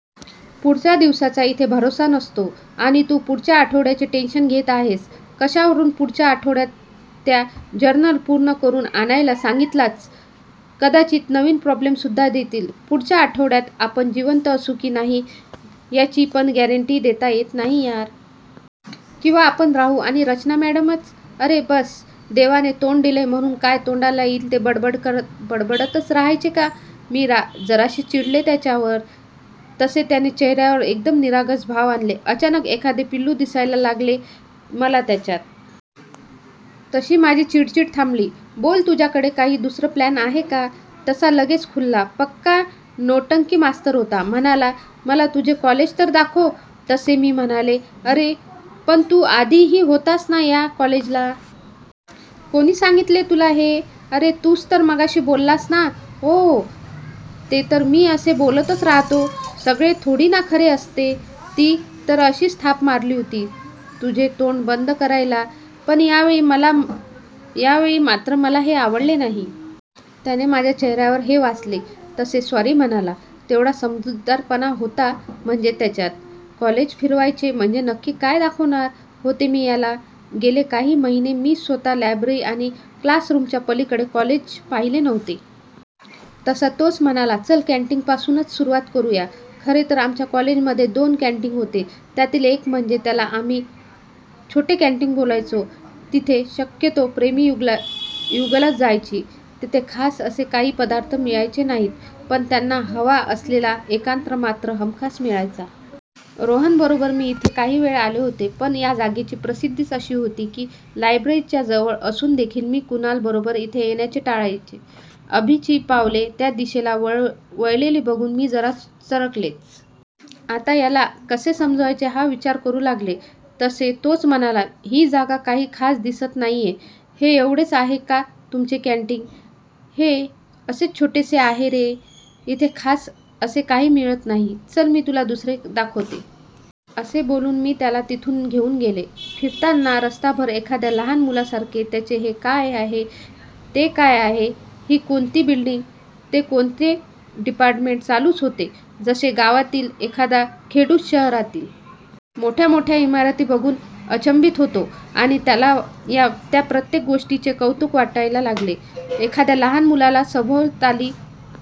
पुढच्या दिवसाचा इथे भरवसा नसतो आणि तू पुढच्या आठवड्याचे टेंशन घेत आहेस.. कशावरून पुढच्या आठवड्यात त्या जर्नल पूर्ण करून आणायला सांगतीलच.. कदाचित नवीन प्रॉब्लेमसुद्धा देतील.. पुढच्या आठवड्यात आपण जिवंत असू की नाही याची पण गॅरंटी देता येत नाही यार.. किंवा आपण राहू आणि रचना मॅडमच""अरे बस!! देवाने तोंड दिलेय म्हणून काय तोंडाला येईल ते बडबडतच राहायचे का? " मी जराशी चिडलेच त्याच्यावर. तसे त्याने चेहर्यावर एकदम निरागस भाव आणले. अचानक एखादे पिल्लू दिसायला लागले मला त्याच्यात. तशी माझी चिडचिड थांबली. "बोल, तुझ्याकडे काही दुसरा प्लॅन आहे का? तसा लगेच खुलला. पक्का नौटंकीमास्टर होता. म्हणाला, "मला तुझे कॉलेज तर दाखव. "तसे मी म्हणाले, "अरे पण तू आधी ही होतास ना या कॉलेजला.. ""कोणी सांगितले तुला हे? ""अरे तूच तर मगाशी बोललास ना? ""ओह्ह, ते तर मी असे बोलतच राहतो. सगळे थोडी ना खरे असते. ती तर अशीच थाप मारली होती, तुझे तोंड बंद करायला. पण यावेळी मात्र मला हे आवडले नाही. त्याने माझ्या चेहर्यावर हे वाचले तसे सॉरी म्हणाला.. तेवढा समजूतदारपणा होता म्हणजे त्याच्यात.. कॉलेज फिरवायचे म्हणजे नक्की काय दाखवणार होते मी याला. गेले काही महिने मीच स्वता लायब्ररी आणि क्लासरूमच्या पलीकडे कॉलेज पाहिले नव्हते. तसा तोच म्हणाला चल कॅंटीनपासूनच सुरूवात करूया. खरे तर आमच्या कॉलेजमध्ये दोन कॅंटीन होते. त्यातील एक म्हणजे ज्याला आम्ही छोटे कॅंटीन बोलायचो, तिथे शक्यतो प्रेमी युगुलच जायची. तिथे खास असे काही पदार्थ मिळायचे नाहीत पण त्यांना हवा असलेला एकांत मात्र हमखास मिळायचा. रोहन बरोबर मी इथे काही वेळा आले होते. पण या जागेची प्रसिद्धीच अशी होती की लायब्ररीच्या जवळ असून देखील मी कुणाल बरोबर इथे येण्याचे टाळायचे. अभीची पावले त्या दिशेला वळलेली बघून मी जरा चरकलेच. आता याला कसे समजवायचे हा विचार करू लागले तसे तोच म्हणाला, "ही जागा काही खास दिसत नाहिये, हे एवढेच आहे का तुमचे कॅंटीन? ""हे असेच छोटेसे आहे रे, इथे खास असे काही मिळत नाही, चल मी तुला दुसरे दाखवते. " असे बोलून मी त्याला तिथून घेऊन गेले. फिरताना रस्ताभर एखाद्या लहान मुलासारखे त्याचे हे काय आहे, ते काय आहे, ही कोणती बिल्डींग, ते कोणते डिपार्टमेंट चालूच होते. जसे गावातील एखादा खेडूत शहरातील मोठ्या मोठ्या इमारती बघून अचंबित होतो आणि त्याला त्या प्रत्येक गोष्टीचे कौतुक वाटायला लागते, एखाद्या लहान मुलाला सभोवताली